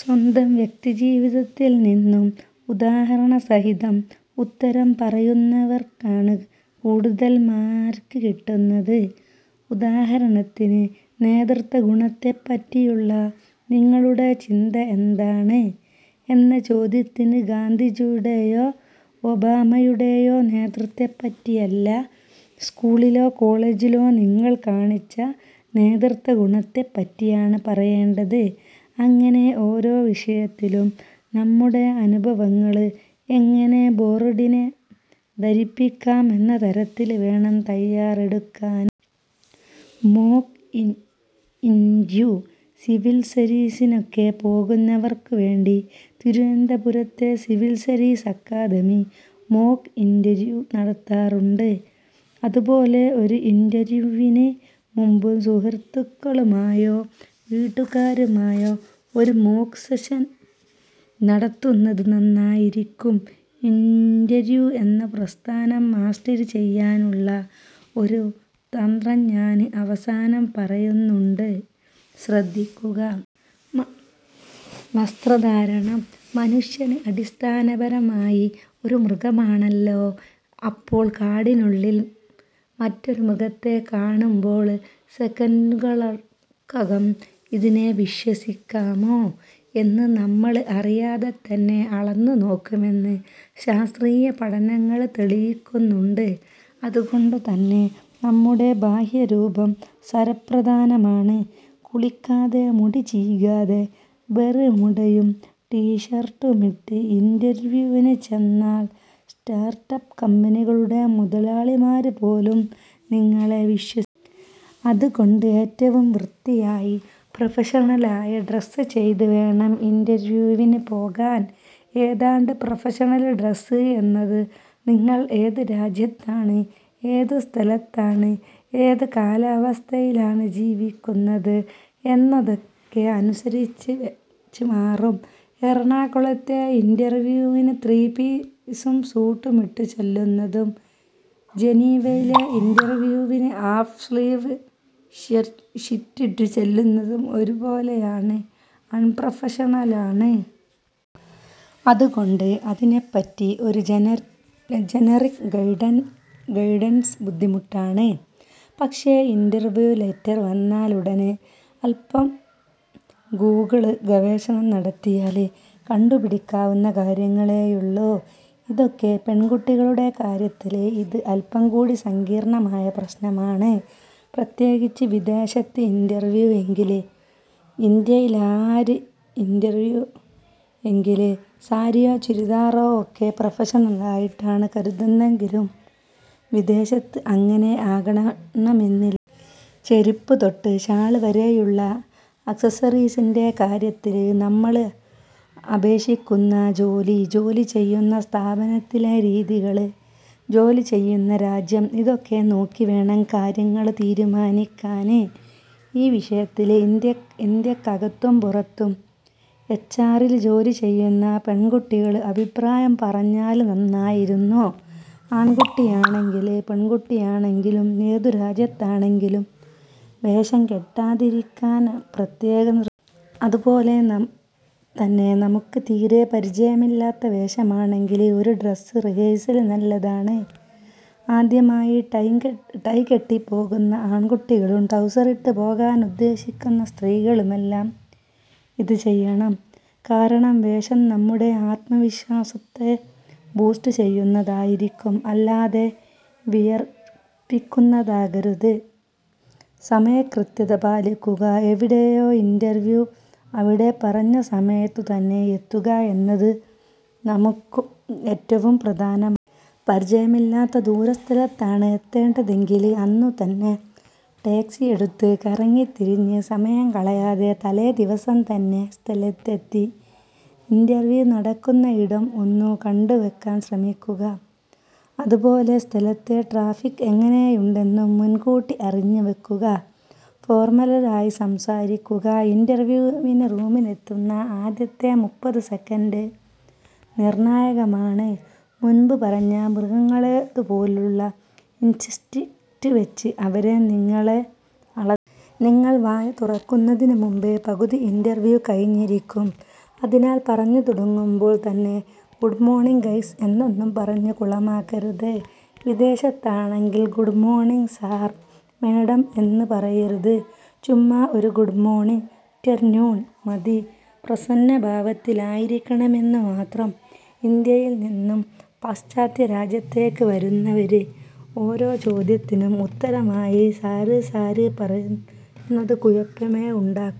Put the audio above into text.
സ്വന്തം വ്യക്തിജീവിതത്തില് നിന്നും ഉദാഹരണസഹിതം ഉത്തരം പറയുന്നവര്ക്കാണ് കൂടുതല് മാര്ക്ക് കിട്ടുന്നത്. ഉദാഹരണത്തിന് 'നേതൃത്വഗുണത്തെപ്പറ്റിയുള്ള നിങ്ങളുടെ ചിന്ത എന്താണ്. ' എന്ന ചോദ്യത്തിന് ഗാന്ധിജിയുടെയോ ഒബാമയുടെയോ നേതൃത്വത്തെപ്പറ്റിയല്ല, സ്കൂളിലോ കോളേജിലോ നിങ്ങള് കാണിച്ച നേതൃത്വഗുണത്തെപ്പറ്റിയാണ് പറയേണ്ടത്. അങ്ങനെ ഓരോ വിഷയത്തിലും നമ്മുടെ അനുഭവങ്ങള് എങ്ങനെ ബോര്ഡിനെ ധരിപ്പിക്കാം എന്ന തരത്തില് വേണം തയ്യാറെടുക്കാന്.. മോക്ക് ഇന്റര്വ്യൂ:സിവില് സര്വീസിനൊക്കെ പോകുന്നവര്ക്കു വേണ്ടി തിരുവനന്തപുരത്തെ civil service academy mock interview നടത്താറുണ്ട്. അതുപോലെ ഏത് ഇന്റര്വ്യൂവിന് മുന്പും സുഹൃത്തുക്കളുമായോ വീട്ടുകാരുമായോ ഒരു മോക്ക് സെഷന് നടത്തുന്നത് നന്നായിരിക്കും. ഇന്റര്വ്യൂ എന്ന പ്രസ്ഥാനം മാസ്റ്റര് ചെയ്യാനുള്ള ഒരു തന്ത്രം ഞാന് അവസാനം പറയുന്നുണ്ട്, ശ്രദ്ധിക്കുക.. വസ്ത്രധാരണം:മനുഷ്യന് അടിസ്ഥാനപരമായി ഒരു മൃഗമാണല്ലോ. അപ്പോള് കാടിനുള്ളില് മറ്റൊരു മൃഗത്തെ കാണുമ്പോള് സെക്കന്റുകള്ക്കകം 'ഇതിനെ വിശ്വസിക്കാമോ' എന്ന് നമ്മള് അറിയാതെ തന്നെ അളന്നു നോക്കുമെന്ന് ശാസ്ത്രീയപഠനങ്ങള് തെളിയിക്കുന്നുണ്ട്. അതുകൊണ്ടുതന്നെ നമ്മുടെ ബാഹ്യരൂപം സര്വപ്രധാനമാണ്. കുളിക്കാതെ, മുടി ചീകാതെ, ബര്മുഡയും ടീഷര്ട്ടുമിട്ട് ഇന്റര്വ്യൂവിന് ചെന്നാല് സ്റ്റാര്ട്ടപ്പ് കമ്പനികളുടെ മുതലാളിമാര് പോലും നിങ്ങളെ വിശ്വസിക്കില്ല. അതുകൊണ്ട് ഏറ്റവും വൃത്തിയായി പ്രൊഫഷണലായി ഡ്രസ്സ് ചെയ്തുവേണം ഇന്റര്വ്യൂവിന് പോകാന്. ഏതാണ് പ്രൊഫഷണല് ഡ്രസ്സ് എന്നത് നിങ്ങള് ഏതു രാജ്യത്താണ്, ഏതു സ്ഥലത്താണ്, ഏത് കാലാവസ്ഥയിലാണ് ജീവിക്കുന്നത് എന്നതൊക്കെ അനുസരിച്ച് മാറും. എറണാകുളത്തെ ഇന്റര്വ്യൂവിന് ത്രീ പീസ് സ്യൂട്ട് ഇട്ടു ചെല്ലുന്നതും ജനീവയിലെ ഇന്റര്വ്യൂവിന് ഹാഫ് സ്ലീവ് ഷിര്ട്ടിട്ടു ചെല്ലുന്നതും ഒരുപോലെ അണ്പ്രൊഫഷണലാണ്. അതുകൊണ്ട് അതിനെപ്പറ്റി ഒരു ജനറിക് ഗൈഡന്സ് ബുദ്ധിമുട്ടാണ്. പക്ഷെ ഇന്റര്വ്യൂ ലെറ്റര് വന്നാലുടന് അല്പം ഗൂഗിള് ഗവേഷണം നടത്തിയാല് കണ്ടുപിടിക്കാവുന്ന കാര്യങ്ങളേയുള്ളു ഇതൊക്കെ. പെണ്കുട്ടികളുടെ കാര്യത്തില് ഇത് അല്പം കൂടി സങ്കീര്ണ്ണമായ പ്രശ്നമാണ്. പ്രത്യേകിച്ചും വിദേശത്താണ് ഇന്റര്വ്യൂ എങ്കില്. ഇന്ത്യയിലാണ് ഇന്റര്വ്യൂ എങ്കില് സാരിയോ ചുരിദാറോ ഒക്കെ പ്രൊഫഷണല് ആയിട്ടാണ് കരുതുന്നതെങ്കിലും വിദേശത്ത് അങ്ങനെ ആകണമെന്നില്ല. ചെരിപ്പ് തൊട്ട് ഷാള് വരെയുള്ള ആക്സസസറീസിന്റെ കാര്യത്തില് നമ്മള് അപേക്ഷിക്കുന്ന ജോലി, ജോലി ചെയ്യുന്ന സ്ഥാപനത്തിലെ രീതികള്, ജോലി ചെയ്യുന്ന രാജ്യം ഇതൊക്കെ നോക്കിവേണം കാര്യങ്ങള് തീരുമാനിക്കാന്. ഈ വിഷയത്തില് ഇന്ത്യക്കകത്തും പുറത്തും എച്ച്ആറില് ജോലി ചെയ്യുന്ന പെണ്കുട്ടികള് അഭിപ്രായം പറഞ്ഞാല് നന്നായിരുന്നു. ആണ്കുട്ടിയാണെങ്കിലും പെണ്കുട്ടിയാണെങ്കിലും ഏതു രാജ്യത്താണെങ്കിലും 'വേഷം കെട്ടാ'തിരിക്കാന് പ്രത്യേകം ശ്രദ്ധിക്കണം. അതുപോലെ തന്നെ നമുക്ക് തീരെ പരിചയമില്ലാത്ത വേഷമാണെങ്കില് ഒരു ഡ്രസ്സ് റിഹേഴ്സല് നല്ലതാണ്. ആദ്യമായി ടൈ കെട്ടിപ്പോകുന്ന ആണ്കുട്ടികളും ട്രൗസറിട്ട് പോകാനുദ്ദേശിക്കുന്ന സ്ത്രീകളുമെല്ലാം ഇത് ചെയ്യണം. കാരണം വേഷം നമ്മുടെ ആത്മവിശ്വാസത്തെ ബൂസ്റ്റ് ചെയ്യുന്നതായിരിക്കണം, അല്ലാതെ വിയര്പ്പിക്കുന്നതാകരുത്.. സമയകൃത്യത പാലിക്കുക:എവിടെയാണോ ഇന്റര്വ്യൂ അവിടെ പറഞ്ഞ സമയത്തു തന്നെ എത്തുക എന്നത് ഏറ്റവും പ്രധാനമാണ്. പരിചയമില്ലാത്ത ദൂരസ്ഥലത്താണ് എത്തേണ്ടതെങ്കില് അന്നുരാവിലെ ടാക്സിയെടുത്ത് കറങ്ങിത്തിരിഞ്ഞ് സമയം കളയാതെ തലേദിവസം തന്നെ സ്ഥലത്തെത്തി ഇന്റര്വ്യൂ നടക്കുന്നയിടം ഒന്നു കണ്ടുവെക്കാന് ശ്രമിക്കുക. അതുപോലെ സ്ഥലത്തെ ട്രാഫിക് എങ്ങനെയുണ്ടെന്നും മുന്കൂട്ടി അറിഞ്ഞുവെക്കുക.. ഫോര്മലായി സംസാരിക്കുക:ഇന്റര്വ്യൂവിന് റൂമിലെത്തുന്ന ആദ്യത്തെ മുപ്പത് സെക്കന്റ് നിര്ണ്ണായകമാണ്. മുന്പ് പറഞ്ഞ മൃഗങ്ങളുടേതു പോലുള്ള ഇന്സ്റ്റിന്ക്ട് വെച്ച് അവര് നിങ്ങളെ അളക്കുകയാണ്. നിങ്ങള് വായ തുറക്കുന്നതിനു മുന്പേ പകുതി ഇന്റര്വ്യൂ കഴിഞ്ഞിരിക്കും. അതിനാല് പറഞ്ഞുതുടങ്ങുമ്പോള് തന്നെ 'ഗുഡ്മോര്ണിംഗ് ഗയ്സ്' എന്നൊന്നും പറഞ്ഞ് കുളമാക്കരുത്. വിദേശത്താണെങ്കില് ഗുഡ്മോര്ണിംഗ് സാര്/ മാഡം എന്നും പറയരുത്. ചുമ്മാ ഒരു ഗുഡ്മോര്ണിംഗ് ്റ്റര്നൂണ് മതി, പ്രസന്നഭാവത്തില് ആയിരിക്കണമെന്നു മാത്രം. ഇന്ത്യയില് നിന്നും പാശ്ചാത്യ രാജ്യങ്ങളിലേക്ക് വരുന്നവര് ഓരോ ചോദ്യത്തിനും ഉത്തരമായി സാര് സാര് പറയുന്നത് കുഴപ്പമേ ഉണ്ടാക്കൂ..